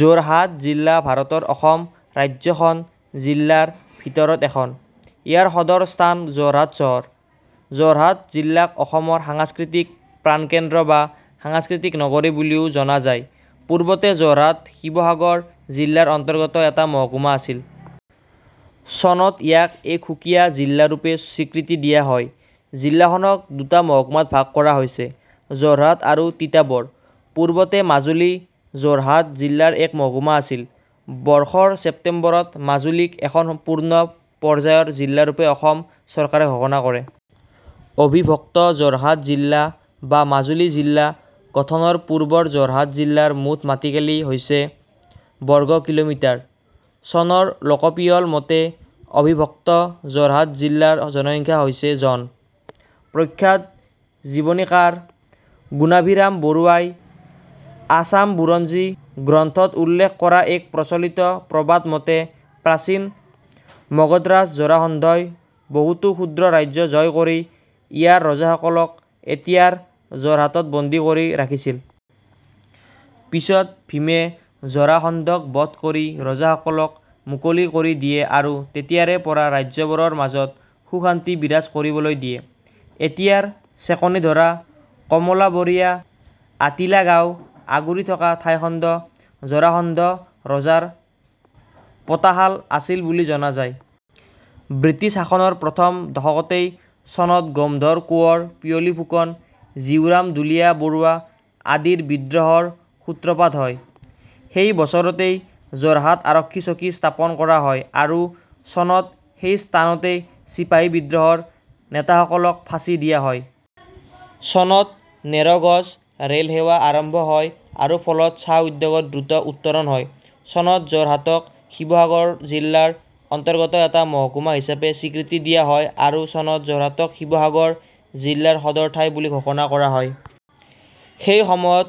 যোৰহাট জিলা ভাৰতৰ অসম ৰাজ্যৰ খন জিলাৰ ভিতৰত এখন। ইয়াৰ সদৰ স্থান যোৰহাট চহৰ। যোৰহাট জিলাক অসমৰ সাংস্কৃতিক প্ৰাণকেন্দ্ৰ বা সাংস্কৃতিক নগৰী বুলিও জনা যায়। পূৰ্বতে যোৰহাট শিৱসাগৰ জিলা ৰ অন্তৰ্গত এটা মহকুমা আছিল। চনত ইয়াক এক সুকীয়া জিলাৰূপে স্বীকৃতি দিয়া হয়। জিলাখনক দুটা মহকুমাত ভাগ কৰা হৈছে: যোৰহাট আৰু তিতাবৰ। পূৰ্বতে মাজুলী যোৰহাট জিলাৰ এক মহকুমা আছিল। বৰ্ষৰ ছেপ্টেম্বৰত মাজুলীক এখন পূৰ্ণ পৰ্যায়ৰ জিলাৰূপে অসম চৰকাৰে ঘোষণা কৰে। অবিভক্ত যোৰহাট জিলা বা মাজুলী জিলা গঠনৰ পূৰ্বৰ যোৰহাট জিলাৰ মুঠ মাটিকালি হৈছে বৰ্গ কিলোমিটাৰ। চনৰ লোকপিয়ল মতে অবিভক্ত যোৰহাট জিলাৰ জনসংখ্যা হৈছে জন। প্ৰখ্যাত জীৱনীকাৰ গুণাভিৰাম বৰুৱাই 'আসাম বুৰঞ্জী' গ্ৰন্থত উল্লেখ কৰা এক প্ৰচলিত প্ৰবাদ মতে প্ৰাচীন মগধৰাজ জৰাসন্ধই বহুতো ক্ষুদ্ৰ ৰাজ্য জয় কৰি ইয়াৰ ৰজাসকলক এতিয়াৰ যোৰহাটত বন্দী কৰি ৰাখিছিল। পিছত ভীমে জৰাসন্ধক বধ কৰি ৰজাসকলক মুকলি কৰি দিয়ে আৰু তেতিয়াৰে পৰা ৰাজ্যবোৰৰ মাজত সুখ-শান্তি বিৰাজ কৰিবলৈ দিয়ে। এতিয়াৰ চেকণীধৰা, কমলাবৰীয়া আৰু আতিলা গাঁও আগুৰি থকা ঠাইখণ্ড জৰাসন্ধ ৰজাৰ পোতাশাল আছিল বুলি জনা যায়। ব্ৰিটিছ শাসনৰ প্ৰথম দশকতেই চনত গোমধৰ কোঁৱৰ, পিয়লী ফুকন, জীউৰাম দুলীয়া বৰুৱা আদিৰ বিদ্ৰোহৰ সূত্ৰপাত হয়। সেই বছৰতেই যোৰহাট আৰক্ষী চকী স্থাপন কৰা হয় আৰু চনত সেই স্থানতে চিপাহী বিদ্ৰোহ ৰ নেতাসকলক ফাঁচী দিয়া হয়। চনত নেৰ'-গজ ৰেল সেৱা আৰম্ভ হয় আৰু ফলত চাহ উদ্যোগৰ দ্ৰুত উত্তৰণ হয়। চনত যোৰহাটক শিৱসাগৰ জিলাৰ অন্তৰ্গত এটা মহকুমা হিচাপে স্বীকৃতি দিয়া হয় আৰু চনত যোৰহাটক শিৱসাগৰ জিলাৰ সদৰ ঠাই বুলি ঘোষণা কৰা হয়। সেই সময়ত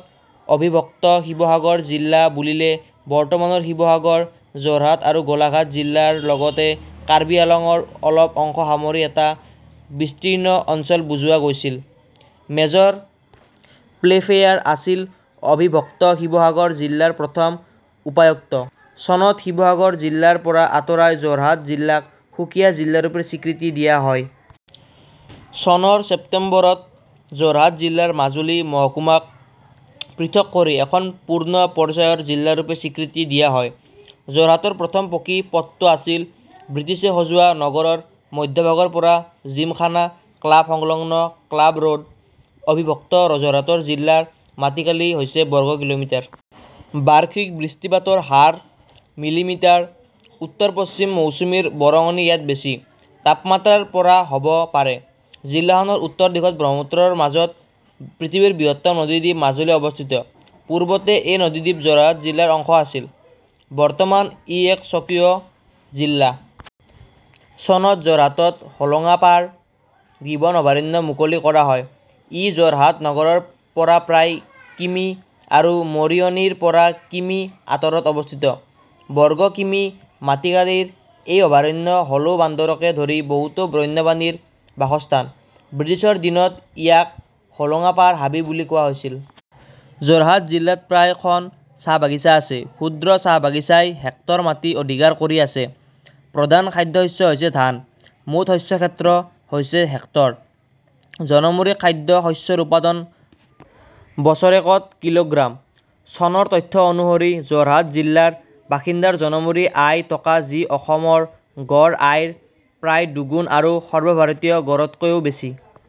অবিভক্ত শিৱসাগৰ জিলা বুলিলে বৰ্তমানৰ শিৱসাগৰ, যোৰহাট আৰু গোলাঘাট জিলা ৰ লগতে কাৰ্বি আংলঙৰ অলপ অংশ সামৰি এটা বিস্তীৰ্ণ অঞ্চল বুজোৱা গৈছিল। মেজৰ প্লে'ফেয়াৰ আছিল অবিভক্ত শিৱসাগৰ জিলাৰ প্ৰথম উপায়ুক্ত। চনত শিৱসাগৰ জিলাৰ পৰা আঁতৰাই যোৰহাট জিলাক সুকীয়া জিলাৰূপে স্বীকৃতি দিয়া হয়। চনৰ ছেপ্টেম্বৰত যোৰহাট জিলাৰ মাজুলী মহকুমাক পৃথক কৰি এখন পূৰ্ণ পৰ্যায়ৰ জিলাৰূপে স্বীকৃতি দিয়া হয়। যোৰহাটৰ প্ৰথম পকী পথটো আছিল ব্ৰিটিছে সজোৱা নগৰৰ মধ্যভাগৰ পৰা জিমখানা ক্লাব সংলগ্ন 'ক্লাব ৰ'ড'। অবিভক্ত যোৰহাট জিলাৰ মাটিকালি হৈছে বৰ্গ কিলোমিটাৰ। বাৰ্ষিক বৃষ্টিপাতৰ হাৰ মিলিমিটাৰ। উত্তৰ-পশ্চিম মৌচুমীৰ বৰঙণি ইয়াত বেছি। তাপমাত্ৰা ৰ পৰা হ'ব পাৰে। জিলাখনৰ উত্তৰ দিশত ব্ৰহ্মপুত্ৰৰ মাজত পৃথিৱীৰ বৃহত্তম নদীদ্বীপ মাজুলী অৱস্থিত। পূৰ্বতে এই নদীদ্বীপ যোৰহাট জিলাৰ অংশ আছিল। বৰ্তমান ই এক স্বকীয় জিলা। চনত যোৰহাটত হোলোঙাপাৰ গিবন অভয়াৰণ্য মুকলি কৰা হয়। ই যোৰহাট নগৰৰ পৰা প্ৰায় কিমি আৰু মৰিয়নি ৰ পৰা কিমি আঁতৰত অৱস্থিত। বৰ্গ কিমি মাটিকালিৰ এই অভয়াৰণ্য হলৌ বান্দৰকে ধৰি বহুতো বন্যপ্ৰাণীৰ বাসস্থান। ব্ৰিটিছৰ দিনত ইয়াক হোলোঙাপাৰ হাবি বুলি কোৱা হৈছিল। যোৰহাট জিলাত প্ৰায় খন চাহ বাগিছা আছে। ক্ষুদ্ৰ চাহ বাগিছাই হেক্টৰ মাটি অধিকাৰ কৰি আছে। প্ৰধান খাদ্যশস্য হৈছে ধান। মুঠ শস্য ক্ষেত্ৰ হৈছে হেক্টৰ। জনমুৰি খাদ্য শস্যৰ উৎপাদন বছৰেকত কিলোগ্ৰাম। চনৰ তথ্য অনুসৰি যোৰহাট জিলাৰ বাসিন্দাৰ জনমুৰি আয় টকা যি অসমৰ গড় আয়ৰ প্ৰায় দুগুণ আৰু সৰ্বভাৰতীয় গড়তকৈও বেছি।